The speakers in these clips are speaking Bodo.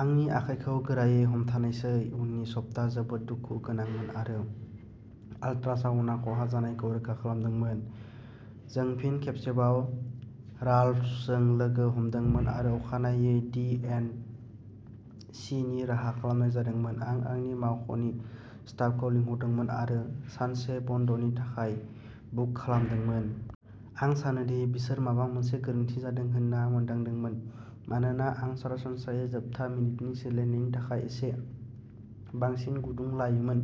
आंनि आखायखौ गोरायै हमथानायसै। उननि सप्ता जोबोद दुखु गोनांमोन आरो आल्ट्रासाउन्डआ खहा जानायखौ रोखा खालामदोंमोन। जों फिन खेबसेबाव राल्फजों लोगो हमदोंमोन आरो अखानायै डि एन्ड सि नि राहा खालामनाय जादोंमोन। आं आंनि मावख'नि स्टाफखौ लिंहरदोंमोन आरो सानसे बन्द'नि थाखाय बुक खालामदोंमोन। आं सानो दि बिसोर माबा मोनसे गोरोन्थि जादों होनना मोनदांदोंमोन मानोना आं सरासनस्रायै जोबथा मिनिटनि सोलायनायनि थाखाय एसे बांसिन गुदुं लायोमोन।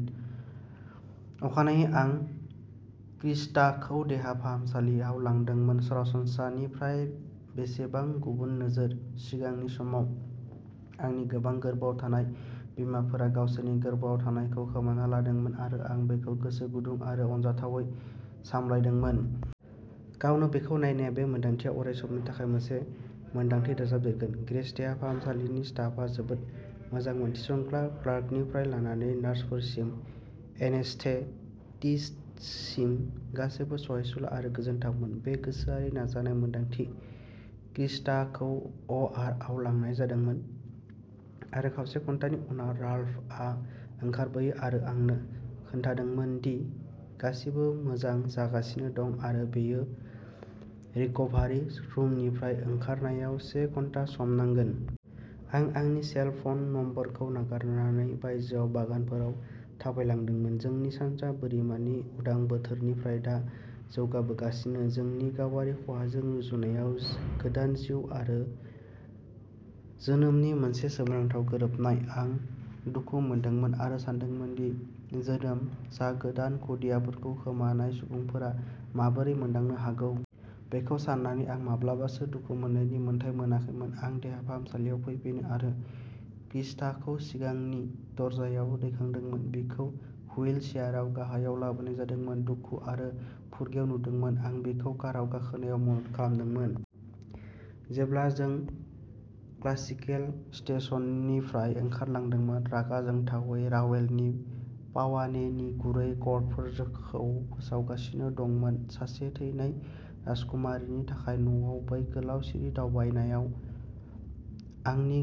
अखानायै आं क्रिस्टाखौ देहा फाहामसालियाव लांदोंमोन। सरासनस्रानिफ्राय बेसेबां गुबुन नोजोर। सिगांनि समाव आंनि गोबां गोर्बोआव थानाय बिमाफोरा गावसोरनि गोर्बोआव थानायखौ खोमाना लादोंमोन आरो आं बेखौ गोसो गुदुं आरो अनजाथावै सामलायदोंमोन। गावनो बेखौ नायनाया बे मोनदांथियाव अराय समनि थाखाय मोनसे मोनदांथि दाजाबदेरगोन। ग्रेस देहा फाहामसालिनि स्टाफआ जोबोद मोजांमोन। थिसनग्रा क्लार्कनिफ्राय लानानै नार्सफोरसिम, एनेस्थेटिस्टसिम गासैबो सहायसुला आरो गोजोनथावमोन। बे गोसोआरि नाजानाय मोन्दांथि। क्रिस्टाखौ अआरआव लांनाय जादोंमोन आरो खावसे घन्टानि उनाव राल्फआ ओंखारबोयो आरो आंनो खोन्थादोंमोन दि गासिबो मोजां जागासिनो दं आरो बियो रिक'भारि रुमनिफ्राय ओंखारनायाव से घन्टा सम नांगोन। आं आंनि सेल फन नम्बरखौ नागारनानै बायजोआव बागानफोराव थाबायलांदोंमोन, जोंनि सानजा बोरिमानि उदां बोथोरनिफ्राय दा जौगाबोगासिनो, जोंनि गावारि खहाजों रुजुनायाव गोदान जिउ आरो जोनोमनि मोनसे सोमोनांथाव गोरोबनाय। आं दुखु मोनदोंमोन आरो सानदोंमोन दि जोनोम जागोदान खुदियाफोरखौ खोमानाय सुबुंफोरा माबोरै मोनदांनो हागौ। बेखौ सान्नानै आं माब्लाबासो दुखु मोन्नायनि मोन्थाइ मोनाखैमोन। आं देहा फाहामसालियाव फैफिनो आरो क्रिस्टाखौ सिगांनि दरजायाव दैखांदोंमोन। बिखौ हुइल चेयारआव गाहायाव लाबोनाय जादोंमोन, दुखु आरो फुरगेव नुदोंमोन। आं बिखौ काराव गाखोनायाव मदद खालामदोंमोन। जेब्ला जों क्लासिकेल स्टेशननिफ्राय खारलांदोंमोन, रागा जोंथावै रावेलनि पावाने नि गुरै कर्डफोरखौ फोसावगासिनो दंमोन। सासे थैनाय राजकुमारीनि थाखाय। न'आव बै गोलाव सिरि दावबायनायाव आंनि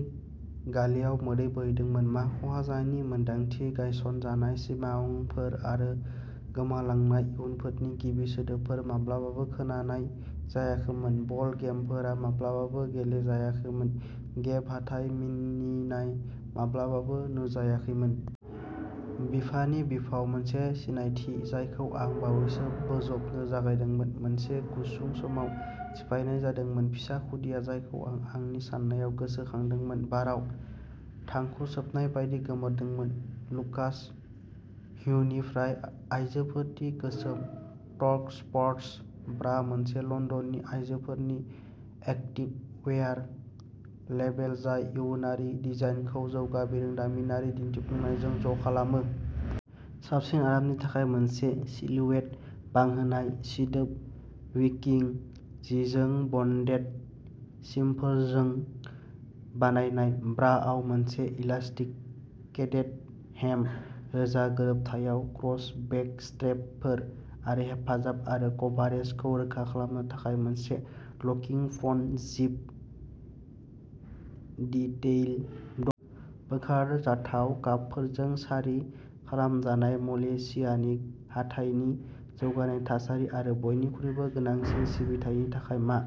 गालेआव मोदै बोहैदोंमोन। मा खहा जानायनि मोनदांथि, गायसनजानाय सिमांफोर आरो गोमालांनाय इयुनफोरनि गिबि सोदोबफोर माब्लाबाबो खोनानाय जायाखैमोन, बल गेमफोरा माब्लाबाबो गेलेजायाखैमोन, गेप हाथाइ मिनिनाय माब्लाबाबो नुजायाखैमोन। बिफानि बिफाव, मोनसे सिनायथि जायखौ आं बावैसो बोजबनो जागायदोंमोन, मोनसे गुसुं समाव सिफायनाय जादोंमोन। फिसा खुदिया, जायखौ आं आंनि साननायाव गोसो खांदोंमोन, बाराव थांखु सोबनाय बायदि गोमोरदोंमोन। लुकास ह्यूनिफ्राय आयजोफोरनि गोसोम'टर्क'स्पर्टस ब्रा मोनसे लन्दननि आयजोफोरनि एक्टिभ वेयार लेबेल जाय इयुनारि डिजाइनखौ जौगा बिरोंदामिनारि दिन्थिफुंनायजों ज' खालामो। साबसिन आरामनि थाखाय मोनसे सिलुएट बांहोनाय, सिदोब विकिं जिजों बन्डेड सिमफोरजों बानायनाय, ब्राआव मोनसे इलास्टिकेटेड हेम, रोजा गोरोबथायाव क्रस बेक स्ट्रेपफोर आरो हेफाजाब आरो कभारेजखौ रोखा खालामनो थाखाय मोनसे लकिं फ्रन्ट जिप डिटेइल दं। बोखारजाथाव कापफोरजों सारि खालामजानाय। मलेशियानि हाथाइनि जौगानाय थासारि आरो बयनिख्रुइबो गोनांसिन सिबिथायनि थाखाय मा?